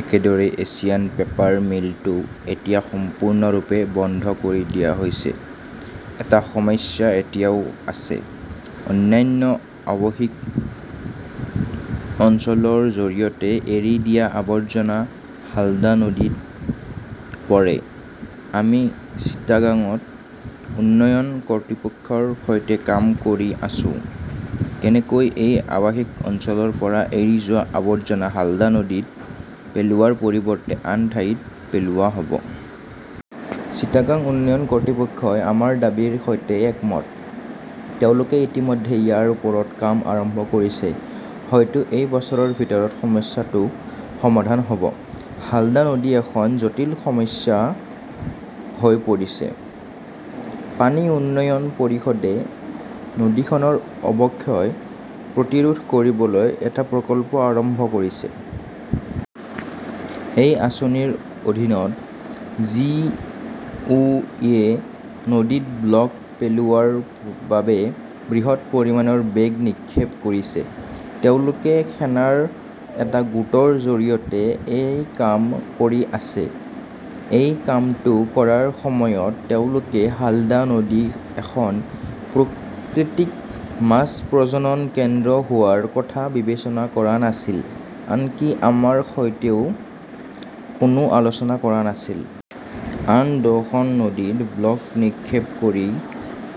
একেদৰে Asian Paper মিলটো এতিয়া সম্পূৰ্ণৰূপে বন্ধ কৰি দিয়া হৈছে। এটা সমস্যা এতিয়াও আছে। অন্যান্য আৱাসিক অঞ্চলৰ জৰিয়তে এৰি দিয়া আৱৰ্জনা হালদা নদীত পৰে। আমি চিটাগংত উন্নয়ন কৰ্তৃপক্ষৰ সৈতে কাম কৰি আছো, কেনেকৈ এই আৱাসিক অঞ্চলৰ পৰা এৰি যোৱা আৱৰ্জনা হালদা নদীত পেলোৱাৰ পৰিৱৰ্তে আন ঠাইত পেলোৱা হ'ব। চিটাগং উন্নয়ন কৰ্তৃপক্ষই আমাৰ দাবীৰ সৈতে একমত। তেওঁলোকে ইতিমধ্যে ইয়াৰ ওপৰত কাম আৰম্ভ কৰিছেই ,হয়তো এই বছৰৰ ভিতৰত সমস্যাটো সমাধান হ'ব। হালদা নদী এখন জটিল সমস্যা হৈ পৰিছে । পানী উন্নয়ন পৰিষদে নদীখনৰ অৱক্ষয় প্ৰতিৰোধ কৰিবলৈ এটা প্ৰকল্প আৰম্ভ কৰিছে। এই আঁচনিৰ অধীনত জি. ও. য়ে নদীত ব্লক পেলোৱাৰ বাবে বৃহৎ পৰিমাণৰ বেগ নিক্ষেপ কৰিছে। তেওঁলোকে সেনাৰ এটা গোটৰ জৰিয়তে এই কাম কৰি আছে। এই কামটো কৰাৰ সময়ত তেওঁলোকে হালদা নদী এখন প্ৰাকৃতিক মাছ প্ৰজনন কেন্দ্ৰ হোৱাৰ কথা বিবেচনা কৰা নাছিল, আনকি আমাৰ সৈতেও কোনো আলোচনা কৰা নাছিল। আন দহখন নদীত ব্লক নিক্ষেপ কৰি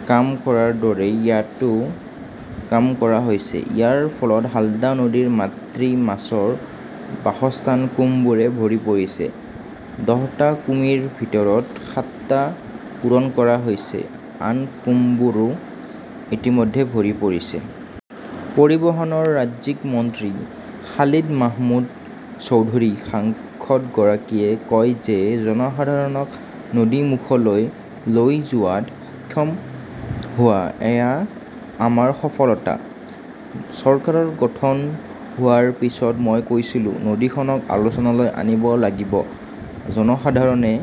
কাম কৰাৰ দৰেই ইয়াতও কাম কৰা হৈছে। ইয়াৰ ফলত হালদা নদীৰ মাতৃ মাছৰ বাসস্থান কুমবোৰে ভৰি পৰিছে। দহটা কুমিৰ ভিতৰত সাতটা পূৰণ কৰা হৈছে। আন কুমবোৰো ইতিমধ্যে ভৰি পৰিছে। পৰিবহণৰ ৰাজ্যিক মন্ত্ৰী খালিদ মাহমুদ চৌধুৰী সাংসদগৰাকীয়ে কয় যে জনসাধাৰণক নদীমুখলৈ লৈ যোৱাত সক্ষম হোৱা এয়া আমাৰ সফলতা। চৰকাৰ গঠন হোৱাৰ পিছত মই কৈছিলো-নদীখনক আলোচনালৈ আনিব লাগিব, জনসাধাৰণে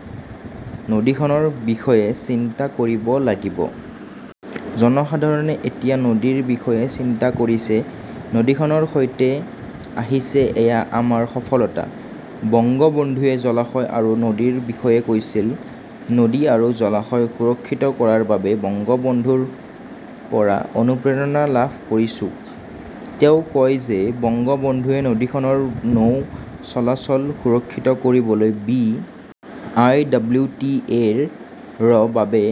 নদীখনৰ বিষয়ে চিন্তা কৰিব লাগিব। জনসাধাৰণে এতিয়া নদীৰ বিষয়ে চিন্তা কৰিছে, নদীখনৰ সৈতে আহিছে-এয়া আমাৰ সফলতা। বংগবন্ধুৱে জলাশয় আৰু নদীৰ বিষয়ে কৈছিল। নদী আৰু জলাশয় সুৰক্ষিত কৰাৰ বাবে বংগবন্ধুৰ পৰা অনুপ্ৰেৰণা লাভ কৰিছো। তেওঁ কয় যে বংগবন্ধুৱে নদীখনৰ নৌ চলাচল সুৰক্ষিত কৰিবলৈ B. I. W. T. A. -ৰ বাবে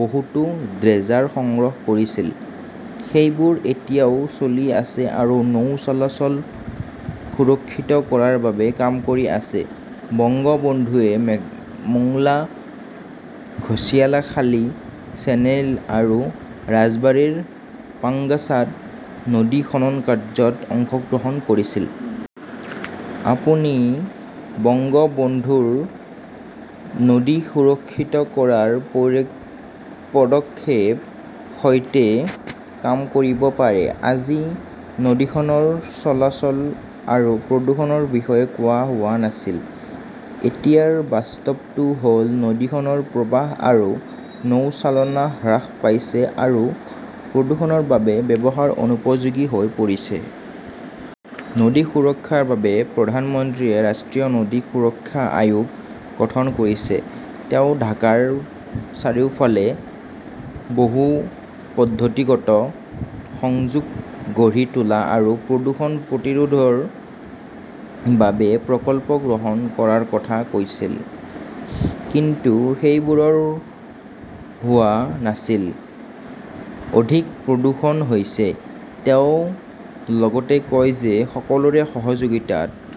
বহুতো ড্ৰেজাৰ সংগ্ৰহ কৰিছিল, সেইবোৰ এতিয়াও চলি আছে আৰু নৌ চলাচল সুৰক্ষিত কৰাৰ বাবে কাম কৰি আছে। বংগবন্ধুৱে মোংলা-ঘচিয়াখালী চেনেল আৰু ৰাজবাৰীৰ পাঙ্গছাত নদী খনন কাৰ্যত অংশগ্ৰহণ কৰিছিল। আপুনি বংগবন্ধুৰ নদী সুৰক্ষিত কৰাৰ পদক্ষেপৰ সৈতে কাম কৰিব পাৰে । আজি নদীখনৰ চলাচল আৰু প্ৰদূষণৰ বিষয়ে কোৱা হোৱা নাছিল। এতিয়াৰ বাস্তৱটো হ'ল নদীখনৰ প্ৰৱাহ আৰু নৌচালনা হ্ৰাস পাইছে আৰু প্ৰদূষণৰ বাবে ব্যৱহাৰ অনুপযোগী হৈ পৰিছে। নদী সুৰক্ষাৰ বাবে প্ৰধানমন্ত্ৰীয়ে ৰাষ্ট্ৰীয় নদী সুৰক্ষা আয়োগ গঠন কৰিছে। তেওঁ ঢাকাৰ চাৰিওফালে বহু-পদ্ধতিগত সংযোগ গঢ়ি তোলা আৰু প্ৰদূষণ প্ৰতিৰোধৰ বাবে প্ৰকল্প গ্ৰহণ কৰাৰ কথা কৈছিল। কিন্তু সেইবোৰ হোৱা নাছিল। অধিক প্ৰদূষণ হৈছে। তেওঁ লগতে কয় যে সকলোৰে সহযোগিতাত